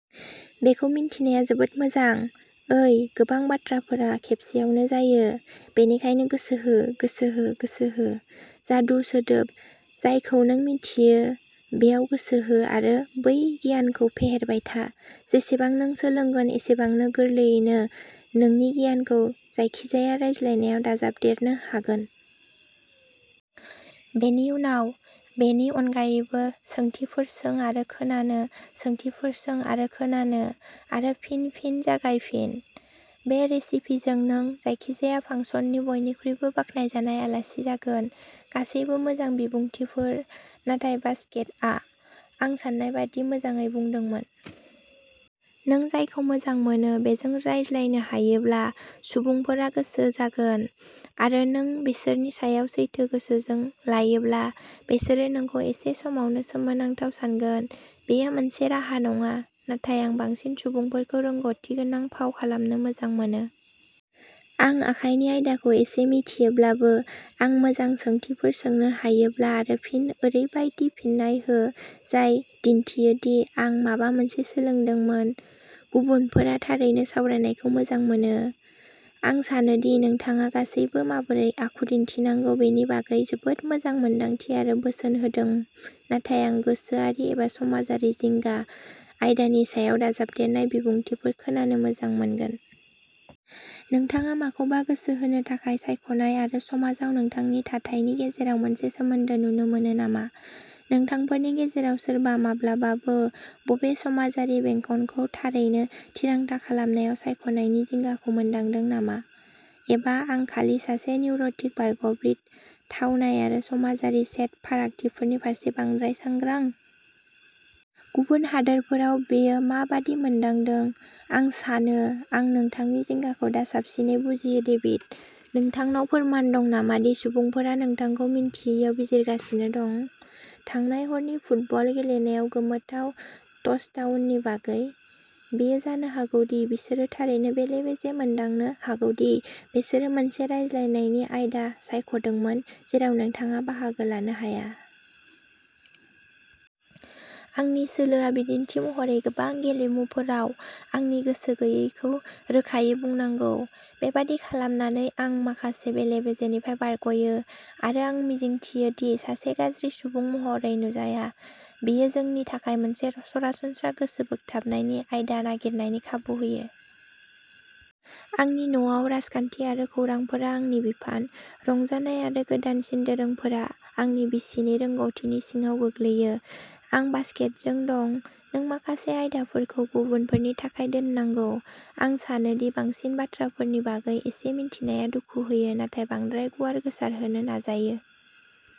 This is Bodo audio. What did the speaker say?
बेखौ मिथिनाया जोबोद मोजां। ओइ गोबां बाथ्राफोरा खेबसेआवनो जायो। बेनिखायनो गोसो हो, गोसो हो, गोसो हो, जादु सोदोब। जायखौ नों मिन्थियो बेयाव गोसो हो आरो बै गियानखौ फेहेरबाय था। जेसेबां नों सोलोंगोन एसेबांनो गोरलैयै नोंनि गियानखौ जायखिजाया रायज्लायनायाव दाजाबदेरनो हागोन। बेनि उनाव, बेनि अनगायैबो, सोंथिफोर सों आरो खोनानो, सोंथिफोर सों आरो खोनानो, आरो फिन, फिन जागायफिन। बे रेसिपिजों, नों जायखिजाया फांसननि बयनिख्रुइबो बाखनायजानाय आलासि जागोन। गासैबो मोजां बिबुंथिफोर, नाथाय बासकेटआ आं सान्नाय बायदि मोजाङै बुंदोंमोन। नों जायखौ मोजां मोनो बेजों रायज्लायनो हायोब्ला, सुबुंफोरा गोसो जागोन, आरो नों बिसोरनि सायाव सैथो गोसोजों लायोब्ला, बिसोरो नोंखौ एसे समावनो सोमोनांथाव सानगोन! बेयो मोनसे राहा नङा, नाथाय आं बांसिन सुबुंफोरखौ रोंग'थि गोनां फाव खालामनो मोजां मोनो। आं आखाइनि आयदाखौ एसे मिथियोब्लाबो, आं मोजां सोंथिफोर सोंनो हायोब्ला आरो फिन ओरैबायदि फिन्नाय हो जाय दिन्थियो दि आं माबा मोनसे सोलोंदोंमोन, गुबुनफोरा थारैनो सावरायनायखौ मोजां मोनो।। आं सानो दि नोंथाङा गासैबो माबोरै आखु दिन्थिनांगौ बेनि बागै जोबोद मोजां मोनदांथि आरो बोसोन होदों, नाथाय आं "गोसोआरि एबा समाजारि जिंगा" आयदानि सायाव दाजाबदेरनाय बिबुंथिफोर खोनानो मोजां मोनगोन। नोंथाङा माखौबा गोसो होनो थाखाय सायख'नाय आरो समाजआव नोंथांनि "थाथाय" नि गेजेराव मोनसे सोमोन्दो नुनो मोनो नामा? नोंथांफोरनि गेजेराव सोरबा माब्लाबाबो बबे समाजारि बेंखनखौ "थारैनो" थिरांथा खालामनायाव सायख'नायनि जिंगाखौ मोनदांदों नामा? एबा आं खालि सासे निउर'टिक बारग'ब्रिट, थावनाय आरो समाजारि सेट फारागथिफोरनि फारसे बांद्राय सांग्रां? गुबुन हादोरफोराव बेयो मा बायदि "मोनदांदों? आं सानो आं नोंथांनि जिंगाखौ दा साबसिनै बुजियो, डेभिड। नोंथांनाव फोरमान दं नामा दि सुबुंफोरा नोंथांखौ मिन्थियैयाव बिजिरगासिनो दं। थांनाय हरनि फुटबल गेलेनायाव गोमोथाव टचडाउननि बागै? बेयो जानो हागौ दि बिसोरो थारैनो बेले बेजे मोनदांनो हागौ दि बिसोरो मोनसे रायज्लायनायनि आयदा सायख'दोंमोन जेराव नोंथाङा बाहागो लानो हाया? आंनि सोलोआ, बिदिन्थि महरै, गोबां गेलेमुफोराव आंनि गोसो गैयैखौ रोखायै बुंनांगौ। बेबादि खालामनानै, आं माखासे बेले बेजेनिफ्राय बारग'यो, आरो आं मिजिंथियो दि आं सासे गाज्रि सुबुं महरै नुजाया। बेयो जोंनि थाखाय मोनसे सरासनस्रा गोसोबोगथाबनायनि आयदा नागिरनायनि खाबु होयो। आंनि न'आव, राजखान्थि आरो खौरांफोरा आंनि बिफान। रंजानाय आरो गोदानसिन दोरोंफोरा, आंनि बिसिनि रोंग'थिनि सिङाव गोग्लैयो। आं बासकेटजों दं नों माखासे आयदाफोरखौ गुबुनफोरनि थाखाय दोननांगौ! आं सानो दि बांसिन बाथ्राफोरनि बागै एसे मिथिनाया दुखु होयो, नाथाय बांद्राय गुवार गोसारहोनो नाजायो।